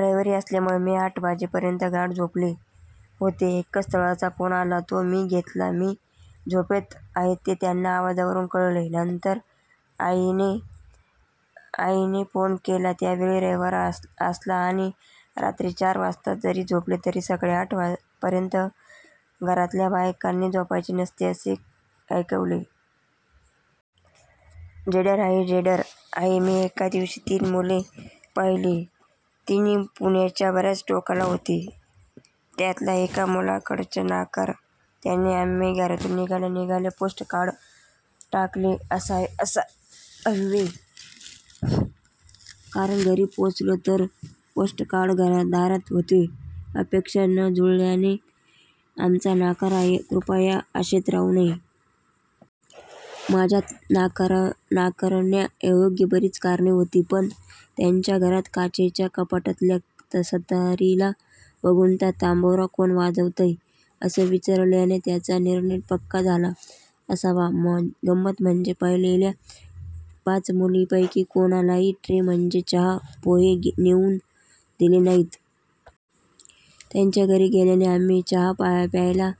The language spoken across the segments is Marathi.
रविवार असल्यामुळे मी आठ पर्यंत गाढ झोपले होते. एका स्थळाचा फोन आला, तो मीच घेतला. मी झोपेत आहे हे त्यांना आवाजावरून कळले. नंतर आईने फोन केला त्यावेळी "रविवार असला आणि रात्री चार वाजता जरी झोपले तरी सकाळी आठ पर्यंत घरातल्या बायकांनी झोपायचे नसते ", असे ऐकवले. डेंजर आहे डेंजर आहे मी एका दिवशी तीन मुले पाहिली. तिन्ही पुण्याच्या बऱ्याच टोकाला होती. त्यातल्या एका मुलांकडच्यांचा नकार त्यांनी आम्ही घरातून निघाल्या निघाल्या पोस्टकार्ड टाकले असावे, कारण घरी पोहचलो तर पोस्टकार्ड दारात होते 'अपेक्षा न जुळल्याने आमचा नकार आहे, कृपया आशेत राहू नये. " माझ्यात नाकारण्या योग्य बरीच कारणे होती. पण त्यांच्या घरात काचेच्या कपाटातल्या सतारीला बघून 'हा तंबोरा कोण वाजवतं' असं विचरल्याने त्यांचा निर्णय पक्का झाला असावा गंमत म्हणजे पाहिलेल्या पाच मुलांपैकी कोणालाही ट्रे मध्ये चहा पोहे नेऊन दिले नाहीत. त्यांच्या घरी गेल्याने आम्हीच चहा प्यायला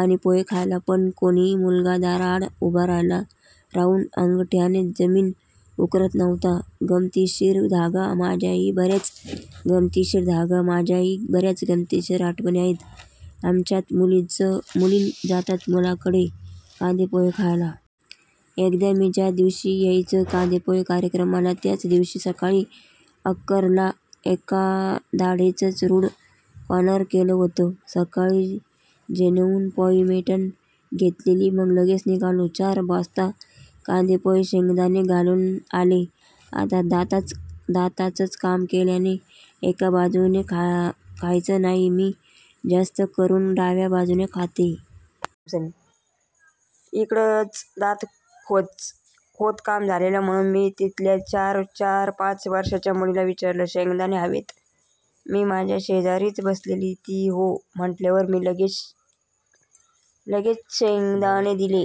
आणि पोहे खाल्ला. पण कोणीही मुलगा दाराआड उभा राहून अंगठ्याने जमीन उकरत नव्हता. गमतीशीर धागा, माझ्याही बऱ्याच गमतीशीर धागा, माझ्याही बऱ्याच गमतीदार आठवणी आहेत. आमच्यात मुलीच जातात मुलांकडे कांदेपोहे खायला. एकदा मी ज्या दिवशी जायचं कांदेपोहे कार्यक्रमाला त्याच दिवशी सकाळी अकर ला एका दाढेचं रूट कँनल केलं होतं. सकाळी जेऊनच अपॉइंटमेंट घेतलेली. मग लगेच निघालो. चार वाजता कांदेपोहे शेंगदाणे घालून आले. आता दाताच काम केल्याने एक बाजूने खायचं नाही, मी जास्त करून डाव्या बाजूने खाते. तिकडचच दात खोदकाम झालेलं. म्हणून मी तिथल्या छोट्या चार ,पाच वर्षांच्या मुलीला विचारलं शेंगदाणे हवेत? ती माझ्यशेजारीच बसलेली. ती हो म्हणल्यावर मी लगेच सगळे शेंगदाणे तिला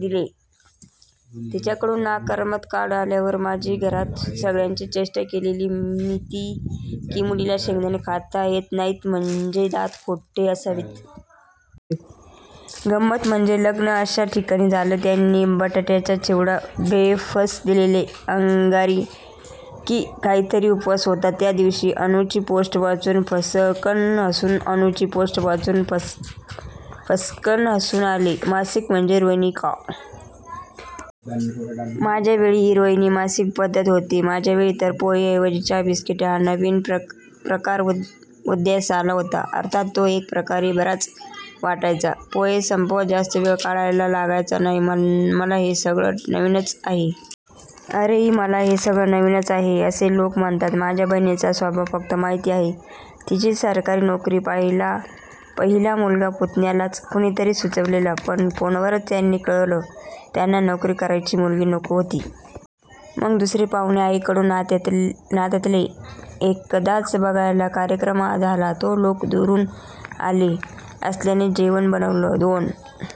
दिले. त्यांच्याकडून नकाराचं कार्ड आल्यावर माझी घरात सगळ्यांनी चेष्टा केलेली की मुलीला शेंगदाणे खाता येत नाहीत म्हणजे दात खोटे असावेत. गम्मत म्हणजे लग्न अशा ठिकाणी झालं त्यांनी बटाट्याचा चिवडा, वेफर्स दिलेले. अंगारकी की काहीतरी उपवास होता त्या दिवशी. अनु ची पोस्ट वाचून फसकन हसूच अनु ची पोस्ट वाचून फसकन हसूच आले. मासिक म्हणजे रोहिणी का? माझ्यावेळी ही रोहिणी मासिक प्रसिध्द होते. माझ्यावेळी तर पोहे ऐवजी चहा बिस्किटे हा नवीन प्रकार उदयास आला होता. अर्थात तो एक प्रकारे बराच वाटायचा. पोहे संपवत जास्त वेळ काढायला लागायचा नाही. मला हे सगळं नवीन च आहे! असेही मला हे सगळं नवीन च आहे! असेही लोकं असतात?? माझ्या बहिणीचा अनुभव फक्त माहिती आहे.. तीची सरकारी नोकरी.. पहिला मुलगा पुण्यातला.. कुणीतरी सुचवलेला.. पण फोनवरच त्यांनी कळवलं त्यांना नोकरी करणारी मुलगी नको होती. मग दुसरे पाहुणे आईकडून नात्यातले एकदाच बघायचा कार्यक्रम झाला. ते लोकं दुरून आले असल्याने जेवणच बनवलं, दोन